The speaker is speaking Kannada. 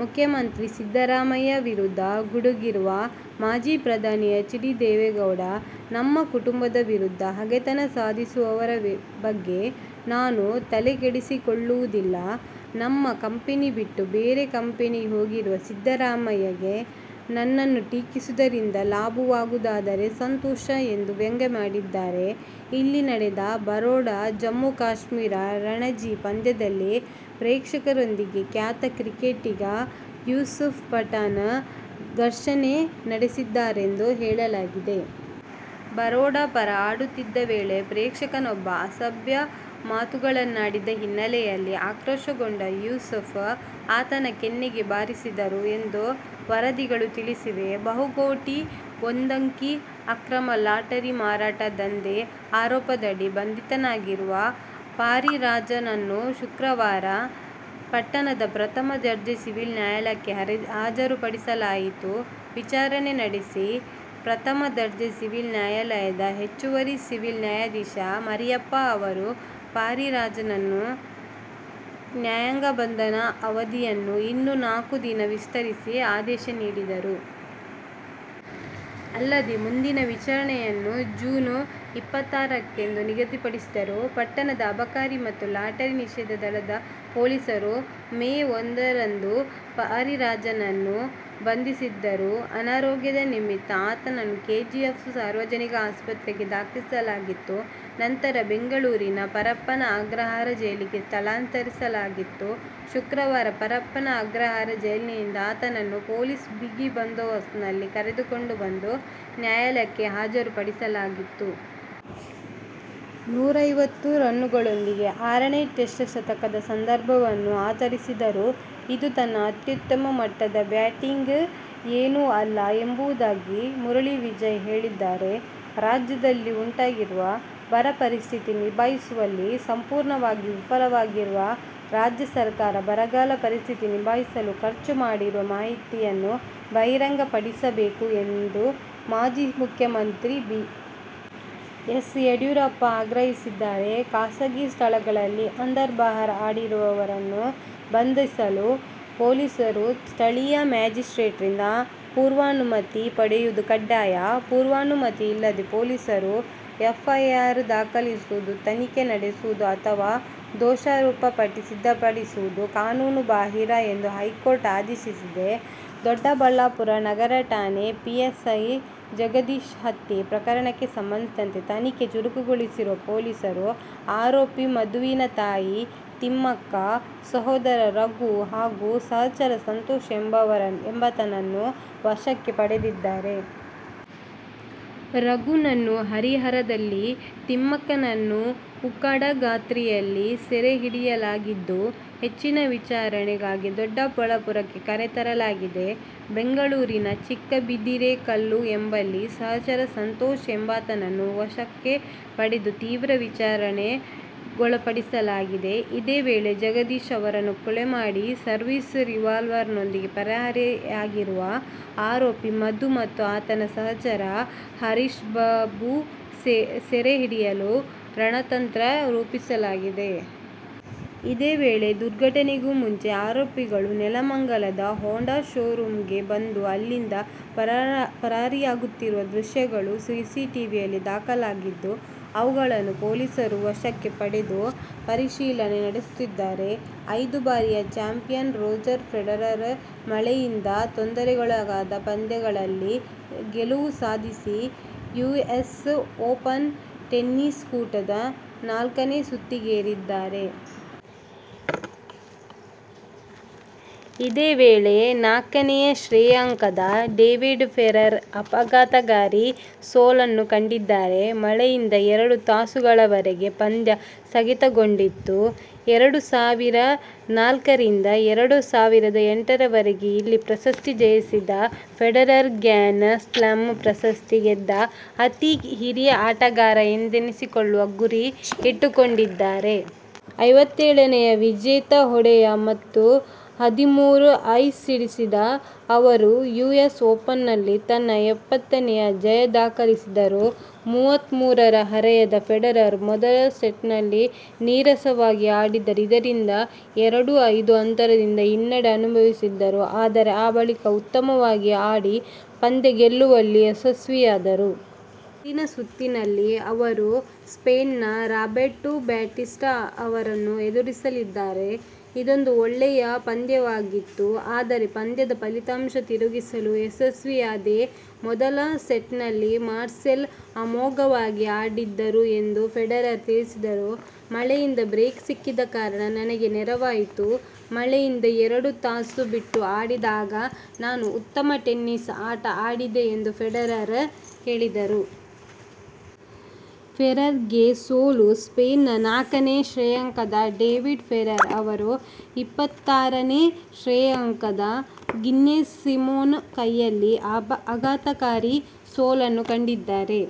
ಮುಖ್ಯಮಂತ್ರಿ ಸಿದ್ದರಾಮಯ್ಯ ವಿರುದ್ಧ ಗುಡುಗಿರುವ ಮಾಜಿ ಪ್ರಧಾನಿ ಎಚ್. ಡಿ. ದೇವೇಗೌಡ, ನಮ್ಮ ಕುಟುಂಬದ ವಿರುದ್ಧ ಹಗೆತನ ಸಾಧಿಸುವವರ ಬಗ್ಗೆ ನಾನು ತಲೆಕೆಡಿಸಿಕೊಳ್ಳುವುದಿಲ್ಲ. ನಮ್ಮ ಕಂಪನಿ ಬಿಟ್ಟು ಬೇರೆ ಕಂಪನಿಗೆ ಹೋಗಿರುವ ಸಿದ್ದರಾಮಯ್ಯಗೆ ನನ್ನನ್ನು ಟೀಕಿಸುವುದರಿಂದ ಲಾಭವಾಗುವುದಾದರೆ ಸಂತೋಷ ಎಂದು ವ್ಯಂಗ್ಯ ಮಾಡಿದ್ದಾರೆ. ಇಲ್ಲಿ ನಡೆದ ಬರೋಡಾ-ಜಮ್ಮುಕಾಶ್ಮೀರ ರಣಜಿ ಪಂದ್ಯದಲ್ಲಿ ಪ್ರೇಕ್ಷಕರೊಂದಿಗೆ ಖ್ಯಾತ ಕ್ರಿಕೆಟಿಗ ಯೂಸುಫ್ ಪಠಾಣ್ ಘರ್ಷಣೆ ನಡೆಸಿದ್ದಾರೆಂದು ಹೇಳಲಾಗಿದೆ. ಬರೋಡಾ ಪರ ಆಡುತ್ತಿದ್ದ ವೇಳೆ ಪ್ರೇಕ್ಷಕನೊಬ್ಬ ಅಸಭ್ಯ ಮಾತುಗಳನ್ನಾಡಿದ ಹಿನ್ನೆಲೆಯಲ್ಲಿ ಆಕ್ರೋಶಗೊಂಡ ಯೂಸುಫ್ ಆತನ ಕೆನ್ನೆಗೆ ಬಾರಿಸಿದರು ಎಂದು ವರದಿಗಳು ತಿಳಿಸಿವೆ. ಬಹುಕೋಟಿ ಒಂದಂಕಿ ಅಕ್ರಮ ಲಾಟರಿ ಮಾರಾಟ ದಂಧೆ ಆರೋಪದಡಿ ಬಂಧಿತನಾಗಿರುವ ಪಾರಿರಾಜನ್ನನ್ನು ಶುಕ್ರವಾರ ಪಟ್ಟಣದ ಪ್ರಥಮ ದರ್ಜೆ ಸಿವಿಲ್ ನ್ಯಾಯಾಲಯಕ್ಕೆ ಹಾಜರುಪಡಿಸಲಾಯಿತು. ವಿಚಾರಣೆ ನಡೆಸಿದ ಪ್ರಥಮ ದರ್ಜೆ ಸಿವಿಲ್ ನ್ಯಾಯಾಲಯದ ಹೆಚ್ಚುವರಿ ಸಿವಿಲ್ ನ್ಯಾಯಾಧೀಶ ಮರಿಯಪ್ಪ ಅವರು, ಪಾರಿರಾಜನ್ನ ನ್ಯಾಯಾಂಗ ಬಂಧನದ ಅವಧಿಯನ್ನು ಇನ್ನೂ ಹದಿನಾಲ್ಕು ದಿನ ವಿಸ್ತರಿಸಿ, ಆದೇಶ ನೀಡಿದರು. ಅಲ್ಲದೆ, ಮುಂದಿನ ವಿಚಾರಣೆಯನ್ನು ಜೂನ್ ಇಪ್ಪತ್ತಾರಕ್ಕೆ ನಿಗದಿಪಡಿಸಿದರು. ಪಟ್ಟಣದ ಅಬಕಾರಿ ಮತ್ತು ಲಾಟರಿ ನಿಷೇಧ ದಳದ ಪೊಲೀಸರು ಮೇ ಒಂದರಂದು ಪಾರಿರಾಜನನ್ನು ಬಂಧಿಸಿದ್ದರು. ಅನಾರೋಗ್ಯದ ನಿಮಿತ್ತ ಆತನನ್ನು ಕೆಜಿಎಫ್ ಸಾರ್ವಜನಿಕ ಆಸ್ಪತ್ರೆಗೆ ದಾಖಲಿಸಲಾಗಿತ್ತು. ನಂತರ, ಬೆಂಗಳೂರಿನ ಪರಪ್ಪನ ಅಗ್ರಹಾರ ಜೈಲಿಗೆ ಸ್ಥಳಾಂತರಿಸಲಾಗಿತ್ತು. ಶುಕ್ರವಾರ ಪರಪ್ಪನ ಅಗ್ರಹಾರ ಜೈಲಿನಿಂದ ಆತನನ್ನು ಪೊಲೀಸ್ ಬಿಗಿ ಬಂದೋಬಸ್ತ್ನಲ್ಲಿ ಕರೆದುಕೊಂಡು ಬಂದು ನ್ಯಾಯಾಲಯಕ್ಕೆ ಹಾಜರು ಪಡಿಸಲಾಗಿತ್ತು. ನೂರೈವತ್ತು ರನ್ನುಗಳೊಂದಿಗೆ ಆರನೇ ಟೆಸ್ಟ್ ಶತಕದ ಸಂಭ್ರಮವನ್ನು ಆಚರಿಸಿದರೂ ಇದು ತನ್ನ ಅತ್ಯುತ್ತಮ ಮಟ್ಟದ ಬ್ಯಾಟಿಂಗ್ ಏನೂ ಅಲ್ಲ ಎಂಬುದಾಗಿ ಮುರಳಿ ವಿಜಯ್ ಹೇಳಿದ್ದಾರೆ. ರಾಜ್ಯದಲ್ಲಿ ಉಂಟಾಗಿರುವ ಬರ ಪರಿಸ್ಥಿತಿ ನಿಭಾಯಿಸುವಲ್ಲಿ ಸಂಪೂರ್ಣವಾಗಿ ವಿಫಲವಾಗಿರುವ ರಾಜ್ಯ ಸರ್ಕಾರ ಬರಗಾಲ ಪರಿಸ್ಥಿತಿ ನಿಭಾಯಿಸಲು ಖರ್ಚು ಮಾಡಿರುವ ಮಾಹಿತಿಯನ್ನು ಬಹಿರಂಗ ಪಡಿಸಬೇಕು ಎಂದು ಮಾಜಿ ಮುಖ್ಯಮಂತ್ರಿ ಬಿ. ಎಸ್. ಯಡಿಯೂರಪ್ಪ ಆಗ್ರಹಿಸಿದ್ದಾರೆ. ಖಾಸಗಿ ಸ್ಥಳಗಳಲ್ಲಿ ಅಂದರ್-ಬಾಹರ್ ಆಡಿದವರನ್ನು ಬಂಧಿಸಲು ಪೊಲೀಸರು ಸ್ಥಳೀಯ ಮ್ಯಾಜಿಸ್ಟ್ರೇಟ್ರಿಂದ ಪೂರ್ವಾನುಮತಿ ಪಡೆಯುವುದು ಕಡ್ಡಾಯ. ಪೂರ್ವಾನುಮತಿ ಇಲ್ಲದೆ ಪೊಲೀಸರು ಎಫ್ಐಆರ್ ದಾಖಲಿಸುವುದು, ತನಿಖೆ ನಡೆಸುವುದು ಅಥವಾ ದೋಷಾರೋಪ ಪಟ್ಟಿ ಸಿದ್ಧಪಡಿಸುವುದು ಕಾನೂನು ಬಾಹಿರ ಎಂದು ಹೈಕೋರ್ಟ್ ಆದೇಶಿಸಿದೆ. ದೊಡ್ಡಬಳ್ಳಾಪುರ ನಗರ ಠಾಣೆ ಪಿಎಸ್ಐ ಜಗದೀಶ್ ಹತ್ಯೆ ಪ್ರಕರಣಕ್ಕೆ ಸಂಬಂಧಿಸಿದಂತೆ ತನಿಖೆ ಚುರುಕುಗೊಳಿಸಿರುವ ಪೊಲೀಸರು ಆರೋಪಿ ಮಧುವಿನ ತಾಯಿ ತಿಮ್ಮಕ್ಕ, ಸಹೋದರ ರಘು ಹಾಗೂ ಸಹಚರ ಸಂತೋಷ್ ಎಂಬಾತನನ್ನು ವಶಕ್ಕೆ ಪಡೆದಿದ್ದಾರೆ. ರಘುನನ್ನು ಹರಿಹರದಲ್ಲಿ, ತಿಮ್ಮಕ್ಕನನ್ನು ಉಕ್ಕಡಗಾತ್ರಿಯಲ್ಲಿ ಸೆರೆ ಹಿಡಿಯಲಾಗಿದ್ದು, ಹೆಚ್ಚಿನ ವಿಚಾರಣೆಗಾಗಿ ದೊಡ್ಡಬಳ್ಳಾಪುರಕ್ಕೆ ಕರೆತರಲಾಗಿದೆ. ಬೆಂಗಳೂರಿನ ಚಿಕ್ಕಬಿದಿರೆಕಲ್ಲು ಎಂಬಲ್ಲಿ ಸಹಚರ ಸಂತೋಷ್ ಎಂಬಾತನನ್ನು ವಶಕ್ಕೆ ಪಡೆದು ತೀವ್ರ ವಿಚಾರಣೆ ಗೊಳಪಡಿಸಲಾಗಿದೆ. ಇದೇ ವೇಳೆ, ಜಗದೀಶ್ ಅವರನ್ನು ಕೊಲೆ ಮಾಡಿ ಸರ್ವೀಸ್ ರಿವಾಲ್ವರ್ನೊಂದಿಗೆ ಪರಾರಿಯಾಗಿರುವ ಆರೋಪಿ ಮಧು ಮತ್ತು ಆತನ ಸಚಹರ ಹರೀಶ್ಬಾಬು ಸೆರೆ ಹಿಡಿಯಲು ರಣತಂತ್ರ ರೂಪಿಸಲಾಗಿದೆ. ಇದೇ ವೇಳೆ, ದುರ್ಘಟನೆಗೂ ಮುಂಚೆ ಆರೋಪಿಗಳು ನೆಲಮಂಗಲದ ಹೊಂಡಾ ಶೋ ರೂಮ್ಗೆ ಬಂದು, ಅಲ್ಲಿಂದ ಪರಾರಿಯಾಗುತ್ತಿರುವ ದೃಶ್ಯಗಳು ಸಿಸಿಟಿವಿಯಲ್ಲಿ ದಾಖಲಾಗಿದ್ದು, ಅವುಗಳನ್ನು ಪೊಲೀಸರು ವಶಕ್ಕೆ ಪಡೆದು, ಪರಿಶೀಲನೆ ನಡೆಸುತ್ತಿದ್ದಾರೆ. ಐದು ಬಾರಿಯ ಚಾಂಪಿಯನ್ ರೋಜರ್ ಫೆಡರರ್ ಮಳೆಯಿಂದ ತೊಂದರೆಗೊಳಗಾದ ಪಂದ್ಯದಲ್ಲಿ ಗೆಲುವು ಸಾಧಿಸಿ ಯುಎಸ್ ಓಪನ್ ಟೆನ್ನಿಸ್ ಕೂಟದ ನಾಲ್ಕನೇ ಸುತ್ತಿಗೇರಿದ್ದಾರೆ. ಇದೇ ವೇಳೆ ನಾಲ್ಕನೇ ಶ್ರೇಯಾಂಕದ ಡೇವಿಡ್ ಫೆರರ್ ಆಘಾತಕಾರಿಯಾಗಿ ಸೋಲನ್ನು ಕಂಡಿದ್ದಾರೆ. ಮಳೆಯಿಂದ ಎರಡು ತಾಸುಗಳವರೆಗೆ ಪಂದ್ಯ ಸ್ಥಗಿತಗೊಂಡಿತ್ತು. ಎರಡು ಸಾವಿರದ ನಾಲ್ಕರಿಂದ ಎರಡು ಸಾವಿರದ ಎಂಟರವರೆಗೆ ಇಲ್ಲಿ ಪ್ರಶಸ್ತಿ ಜಯಿಸಿದ್ದ ಫೆಡರರ್ ಗ್ರ್ಯಾನ್ ಸ್ಲಾಮ್ ಪ್ರಶಸ್ತಿ ಗೆದ್ದ ಅತೀ ಹಿರಿಯ ಆಟಗಾರ ಎಂದೆನಿಸಿಕೊಳ್ಳುವ ಗುರಿ ಇಟ್ಟುಕೊಂಡಿದ್ದಾರೆ. ಐವತ್ತೇಳನೇ ವಿಜೇತ ಹೊಡೆಯ ಮತ್ತು ಹದಿಮೂರು ಏಸ್ ಸಿಡಿಸಿದ ಅವರು ಯುಎಸ್ ಓಪನ್ನಲ್ಲಿ ತನ್ನ ಎಪ್ಪತ್ತನೇ ಜಯ ದಾಖಲಿಸಿದರು. ಮೂವತ್ಮೂರರ ಹರೆಯದ ಫೆಡರರ್ ಮೊದಲ ಸೆಟ್ನಲ್ಲಿ ನೀರಸವಾಗಿ ಆಡಿದ್ದರು. ಇದರಿಂದಾಗಿ ಎರಡು-ಐದು ಅಂತರದಿಂದ ಹಿನ್ನಡೆ ಅನುಭವಿಸಿದ್ದರು. ಆದರೆ ಆ ಬಳಿಕ ಉತ್ತಮವಾಗಿ ಆಡಿ ಪಂದ್ಯ ಗೆಲ್ಲುವಲ್ಲಿ ಯಶಸ್ವಿಯಾದರು. ಮುಂದಿನ ಸುತ್ತಿನಲ್ಲಿ ಅವರು ಸ್ಪೇನ್ನ ರಾಬೆರ್ಟೊ ಬಾಟಿಸ್ಟಾ ಅವರನ್ನು ಎದುರಿಸಲಿದ್ದಾರೆ. ಇದೊಂದು ಒಳ್ಳೆಯ ಪಂದ್ಯವಾಗಿತ್ತು. ಆದರೆ ಪಂದ್ಯದ ಫಲಿತಾಂಶ ತಿರುಗಿಸಲು ಯಶಸ್ವಿಯಾದೆ. ಮೊದಲ ಸೆಟ್ನಲ್ಲಿ ಮಾರ್ಸೆಲ್ ಅಮೋಘವಾಗಿ ಆಡಿದ್ದರು ಎಂದು ಫೆಡರರ್ ತಿಳಿಸಿದರು. ಮಳೆಯಿಂದ ಬ್ರೇಕ್ ಸಿಕ್ಕಿದ ಕಾರಣ ನನಗೆ ನೆರವಾಯಿತು. ಮಳೆಯಿಂದ ಎರಡು ತಾಸು ಬಿಟ್ಟು ಆಡಿದಾಗ ನಾನು ಉತ್ತಮ ಟೆನಿಸ್ ಆಟ ಆಡಿದೆ ಎಂದು ಫೆಡರರ್ ಹೇಳಿದರು. ಫೆರರ್ಗೆ ಸೋಲು ಸ್ಪೇನ್ನ ನಾಲ್ಕನೇ ಶ್ರೇಯಾಂಕದ ಡೇವಿಡ್ ಫೆರರ್ ಅವರು ಇಪ್ಪತ್ತಾರನೇ ಶ್ರೇಯಾಂಕದ ಗಿಲ್ಲೆಸ್ ಸಿಮೋನ್ ಕೈಯಲ್ಲಿ ಆಘಾತಕಾರಿ ಸೋಲನ್ನು ಕಂಡಿದ್ದಾರೆ.